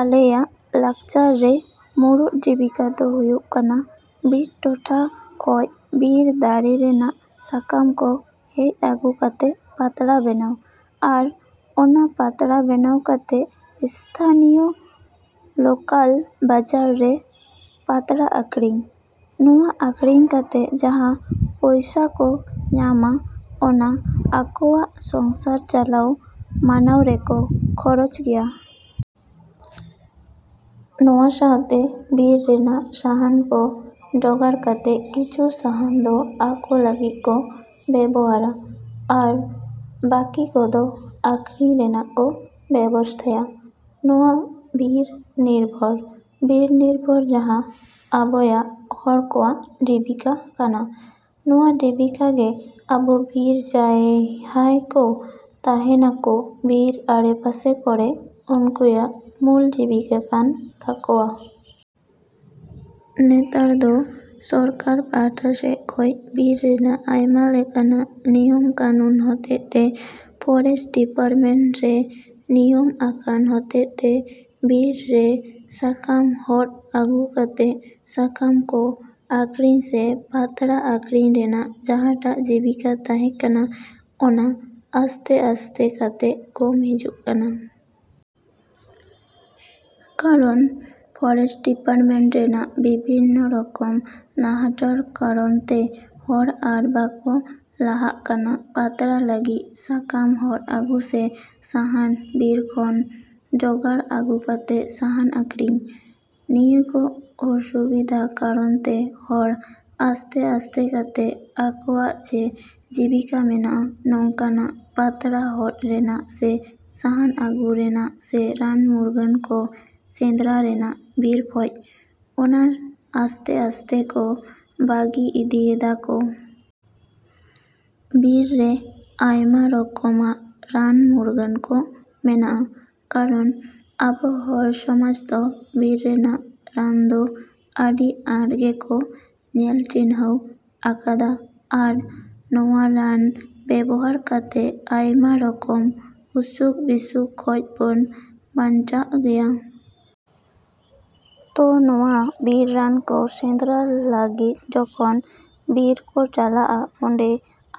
ᱟᱞᱮᱭᱟᱜ ᱞᱟᱠᱪᱟᱨᱮ ᱢᱩᱲᱩᱫ ᱡᱤᱵᱤᱠᱟ ᱫᱚ ᱦᱩᱭᱩᱜ ᱠᱟᱱᱟ ᱵᱤᱨ ᱴᱚᱴᱷᱟ ᱠᱷᱚᱡ ᱵᱤᱨ ᱫᱟᱨᱮ ᱨᱮᱭᱟᱜ ᱥᱟᱠᱟᱢ ᱠᱚ ᱦᱚᱫᱽ ᱟᱹᱜᱩ ᱠᱟᱛᱮ ᱯᱟᱛᱲᱟ ᱵᱮᱱᱟᱣ, ᱟᱨ ᱚᱱᱟ ᱯᱟᱛᱲᱟ ᱵᱮᱱᱟᱣ ᱠᱟᱛᱮ ᱤᱥᱛᱷᱟᱱᱤᱭᱳ ᱞᱳᱠᱟᱞ ᱵᱟᱡᱟᱨ ᱨᱮ ᱯᱟᱛᱲᱟ ᱟᱠᱷᱟᱨᱤᱧ᱾ ᱱᱚᱣᱟ ᱟᱠᱷᱟᱨᱤᱧ ᱠᱟᱛᱮ ᱡᱟᱦᱟᱸ ᱯᱚᱭᱥᱟ ᱠᱚ ᱧᱟᱢᱟ, ᱚᱱᱟ ᱟᱠᱚᱭᱟᱜ ᱥᱚᱝᱥᱟᱨ ᱪᱟᱞᱟᱣ ᱢᱟᱱᱟᱣ ᱨᱮᱠᱚ ᱠᱷᱚᱨᱚᱪ ᱜᱮᱭᱟ᱾ ᱚᱱᱟ ᱥᱟᱶᱛᱮ ᱵᱤᱨ ᱨᱮᱭᱟᱜ ᱥᱟᱦᱟᱱ ᱠᱚ ᱡᱚᱜᱟᱲ ᱠᱟᱛᱮ ᱠᱤᱪᱷᱩ ᱥᱟᱦᱟᱱ ᱫᱚ ᱟᱠᱚ ᱞᱟᱹᱜᱤᱫ ᱠᱚ ᱵᱮᱵᱚᱦᱟᱨᱟ ᱟᱨ ᱵᱟᱹᱠᱤ ᱠᱚᱫᱚ ᱟᱠᱷᱟᱨᱤᱧ ᱨᱮᱭᱟᱜ ᱠᱚ ᱵᱮᱵᱚᱥᱛᱷᱟᱭᱟ᱾ ᱱᱚᱣᱟ ᱵᱤᱨ ᱱᱤᱨᱵᱷᱚᱨ, ᱵᱤᱨ ᱱᱤᱨᱵᱷᱚᱨ ᱡᱟᱦᱟᱸ ᱟᱵᱚᱭᱟᱜ ᱦᱚᱲ ᱠᱚᱣᱟᱜ ᱡᱤᱵᱤᱠᱟ ᱠᱟᱱ, ᱱᱚᱣᱟ ᱡᱤᱵᱤᱠᱟ ᱜᱮ ᱟᱵᱚ ᱵᱤᱨ ᱡᱟᱦᱟᱭ ᱠᱚ ᱛᱟᱦᱮᱱᱟᱠᱚ ᱵᱤᱨ ᱟᱲᱮ ᱯᱟᱥᱮ ᱠᱚᱨᱮ, ᱱᱩᱠᱩᱭᱟᱜ ᱢᱩᱞ ᱡᱤᱵᱤᱠᱟ ᱠᱟᱱ ᱛᱟᱠᱚᱭᱟ᱾ ᱱᱮᱛᱟᱨ ᱫᱚ ᱥᱚᱨᱠᱟᱨ ᱯᱟᱦᱴᱟ ᱥᱮᱡ ᱠᱷᱚᱡ ᱵᱤᱨ ᱨᱮᱭᱟᱜ ᱟᱭᱢᱟ ᱞᱮᱠᱟᱱᱟᱜ ᱱᱤᱭᱚᱢ ᱠᱟᱹᱱᱩᱱ ᱦᱚᱛᱮᱫ ᱛᱮ, ᱯᱷᱚᱨᱮᱥᱴ ᱰᱤᱯᱟᱨᱴᱢᱮᱱᱴ ᱨᱮ ᱱᱤᱭᱚᱢ ᱟᱠᱟᱱ ᱦᱚᱛᱮᱫ ᱛᱮ, ᱵᱤᱨ ᱨᱮ ᱥᱟᱠᱟᱢ ᱦᱚᱫᱽ ᱟᱹᱜᱩ ᱠᱟᱛᱮ ᱥᱟᱠᱟᱢ ᱠᱚ ᱟᱠᱷᱨᱤᱧ ᱥᱮ ᱯᱟᱛᱲᱟ ᱟᱹᱠᱷᱨᱤᱧ ᱨᱮᱭᱟᱜ ᱡᱟᱦᱟᱴᱟᱜ ᱡᱤᱵᱤᱠᱟ ᱛᱟᱦᱮᱸ ᱠᱟᱱᱟ, ᱚᱱᱟ ᱟᱥᱛᱮ ᱟᱥᱛᱮ ᱠᱟᱛᱮ ᱠᱚᱢ ᱦᱤᱡᱩᱜ ᱠᱟᱱᱟ᱾ ᱠᱟᱨᱚᱱ ᱯᱷᱚᱨᱮᱥᱴ ᱰᱤᱯᱟᱨᱴᱢᱮᱱᱴ ᱨᱮᱭᱟᱜ ᱵᱤᱵᱷᱤᱱᱱᱚ ᱨᱚᱠᱚᱢ ᱱᱟᱦᱟᱪᱟᱨ ᱠᱟᱨᱚᱱ ᱛᱮ ᱦᱚᱲ ᱟᱨ ᱵᱟᱠᱚ ᱞᱟᱦᱟᱜ ᱠᱟᱱᱟ ᱯᱟᱛᱲᱟ ᱞᱟᱹᱜᱤᱫ ᱥᱟᱠᱟᱢ ᱦᱚᱫᱽ ᱟᱹᱜᱩ ᱥᱮ ᱥᱟᱦᱟᱱ ᱵᱤᱨ ᱠᱷᱚᱱ ᱡᱚᱜᱟᱲ ᱟᱹᱜᱩ ᱠᱟᱛᱮ ᱥᱟᱦᱟᱱ ᱟᱹᱠᱷᱨᱤᱧ᱾ ᱱᱤᱭᱟᱹ ᱠᱚ ᱚᱥᱩᱵᱤᱫᱟ ᱠᱟᱨᱚᱱ ᱛᱮ ᱦᱚᱲ ᱟᱥᱛᱮ ᱟᱥᱛᱮ ᱠᱟᱛᱮ ᱟᱠᱚᱣᱟᱜ ᱡᱮ ᱡᱤᱵᱤᱠᱟ ᱢᱮᱱᱟᱜᱼᱟ ᱱᱚᱠᱟᱱ ᱯᱟᱛᱲᱟ ᱦᱚᱫᱽ ᱨᱮᱭᱟᱜ ᱥᱮ ᱥᱟᱦᱟᱱ ᱟᱹᱜᱩ ᱨᱮᱭᱟᱜ ᱥᱮ ᱨᱟᱱ ᱢᱩᱨᱜᱟᱹᱱ ᱠᱚ ᱥᱮᱸᱫᱽᱨᱟ ᱨᱮᱭᱟᱜ ᱵᱤᱨ ᱠᱷᱚᱡ, ᱚᱱᱟ ᱟᱥᱛᱮ ᱟᱥᱛᱮ ᱠᱚ ᱵᱟᱹᱜᱤ ᱤᱫᱤᱭᱮᱫᱟ ᱠᱚ᱾ ᱵᱤᱨ ᱨᱮ ᱟᱭᱢᱟ ᱨᱚᱠᱚᱢᱟᱜ ᱨᱟᱱ ᱢᱩᱨᱜᱟᱹᱱ ᱠᱚ ᱢᱮᱱᱟᱜᱼᱟ, ᱠᱟᱨᱚᱱ ᱟᱵᱚ ᱦᱚᱲ ᱥᱚᱢᱟᱡᱽ ᱫᱚ ᱵᱤᱨ ᱨᱮᱭᱟᱜ ᱨᱟᱱ ᱫᱚ ᱟᱹᱰᱤ ᱟᱸᱴ ᱜᱮᱠᱚ ᱧᱮᱞ ᱪᱤᱱᱦᱟᱹᱣ ᱟᱠᱟᱫᱟ ᱟᱨ ᱱᱚᱣᱟ ᱨᱟᱱ ᱵᱮᱵᱚᱦᱟᱨ ᱠᱟᱛᱮ ᱟᱭᱢᱟ ᱨᱚᱠᱚᱢ ᱚᱥᱩᱠ ᱵᱮᱥᱩᱠ ᱠᱷᱚᱡ ᱵᱚᱱ ᱵᱟᱧᱪᱟᱜ ᱜᱮᱭᱟ᱾ ᱛᱚ ᱱᱚᱣᱟ ᱵᱤᱨ ᱨᱟᱱ ᱠᱚ ᱥᱮᱸᱫᱽᱨᱟ ᱞᱟᱹᱜᱤᱫ ᱡᱚᱠᱷᱚᱱ ᱵᱤᱨ ᱠᱚ ᱪᱟᱞᱟᱜᱼᱟ, ᱚᱸᱰᱮ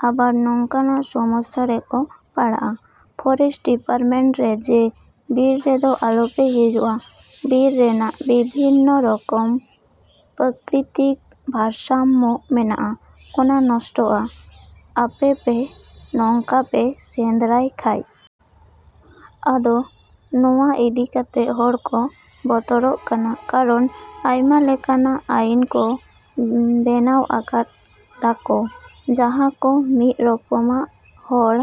ᱟᱵᱟᱨ ᱱᱚᱠᱟᱱᱟᱜ ᱥᱚᱢᱚᱥᱟ ᱨᱮᱠᱚ ᱯᱟᱲᱟᱜᱼᱟ ᱯᱷᱚᱨᱮᱥᱴ ᱰᱤᱯᱟᱨᱴᱢᱮᱱᱴ ᱨᱮ ᱡᱮ ᱵᱤᱨ ᱨᱮᱫᱚ ᱟᱞᱚ ᱯᱮ ᱦᱟᱹᱡᱩᱜᱼᱟ, ᱵᱤᱨ ᱨᱮᱭᱟᱜ ᱵᱤᱵᱷᱤᱱᱚ ᱨᱚᱠᱚᱢ ᱯᱨᱟᱠᱤᱛᱤᱠ ᱵᱷᱟᱨᱥᱟᱢᱢᱚ ᱢᱮᱱᱟᱜᱼᱟ, ᱚᱱᱟ ᱱᱚᱥᱴᱚᱜᱼᱟ ᱟᱯᱮ ᱯᱮ ᱱᱚᱝᱠᱟ ᱯᱮ ᱥᱮᱸᱫᱽᱨᱟᱭ ᱠᱷᱟᱡ᱾ ᱟᱫᱚ ᱱᱚᱣᱟ ᱤᱫᱤ ᱠᱟᱛᱮ ᱦᱚᱲ ᱠᱚ ᱵᱚᱛᱚᱨᱚᱜ ᱠᱟᱱᱟ, ᱠᱟᱨᱚᱱ ᱟᱭᱢᱟ ᱞᱮᱠᱟᱱᱟᱜ ᱟᱭᱤᱱ ᱠᱚ ᱵᱮᱱᱟᱣ ᱟᱠᱟᱫᱟ ᱠᱚ ᱡᱟᱦᱟᱸ ᱠᱚ ᱢᱤᱫ ᱨᱚᱠᱚᱢᱟᱜ ᱦᱚᱲ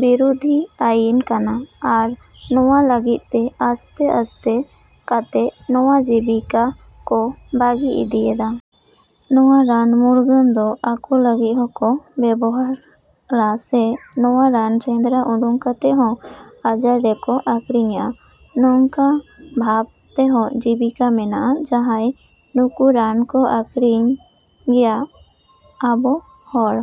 ᱵᱤᱨᱚᱫᱷᱤ ᱟᱭᱤᱱ ᱠᱟᱱᱟ ᱟᱨ ᱱᱚᱣᱟ ᱞᱟᱹᱜᱤᱫ ᱜᱮ ᱟᱥᱛᱮ ᱟᱥᱛᱮ ᱠᱟᱛᱮ ᱱᱚᱣᱟ ᱡᱤᱵᱤᱠᱟ ᱠᱚ ᱵᱟᱹᱜᱤ ᱤᱫᱤᱭᱮᱫᱟ᱾ ᱱᱚᱣᱟ ᱨᱟᱱ ᱢᱩᱨᱜᱟᱹᱱ ᱫᱚ ᱟᱠᱚ ᱞᱟᱹᱜᱤᱫ ᱦᱚᱸᱠᱚ ᱵᱮᱵᱚᱦᱟᱨᱟ ᱥᱮ ᱱᱚᱣᱟ ᱨᱟᱱ ᱥᱮᱸᱫᱽᱨᱟ ᱩᱰᱩᱝ ᱠᱟᱛᱮ ᱦᱚᱸ ᱵᱟᱡᱟᱨ ᱨᱮᱠᱚ ᱟᱠᱷᱨᱤᱧᱮᱜᱼᱟ, ᱱᱚᱝᱠᱟ ᱵᱷᱟᱵ ᱛᱮᱦᱚᱸ ᱡᱤᱵᱤᱠᱟ ᱢᱮᱱᱟᱜᱼᱟ ᱡᱟᱦᱟᱸᱭ ᱩᱱᱠᱩ ᱨᱟᱱ ᱠᱚ ᱟᱠᱷᱨᱤᱧ ᱜᱮᱭᱟ ᱟᱵᱚ ᱦᱚᱲ।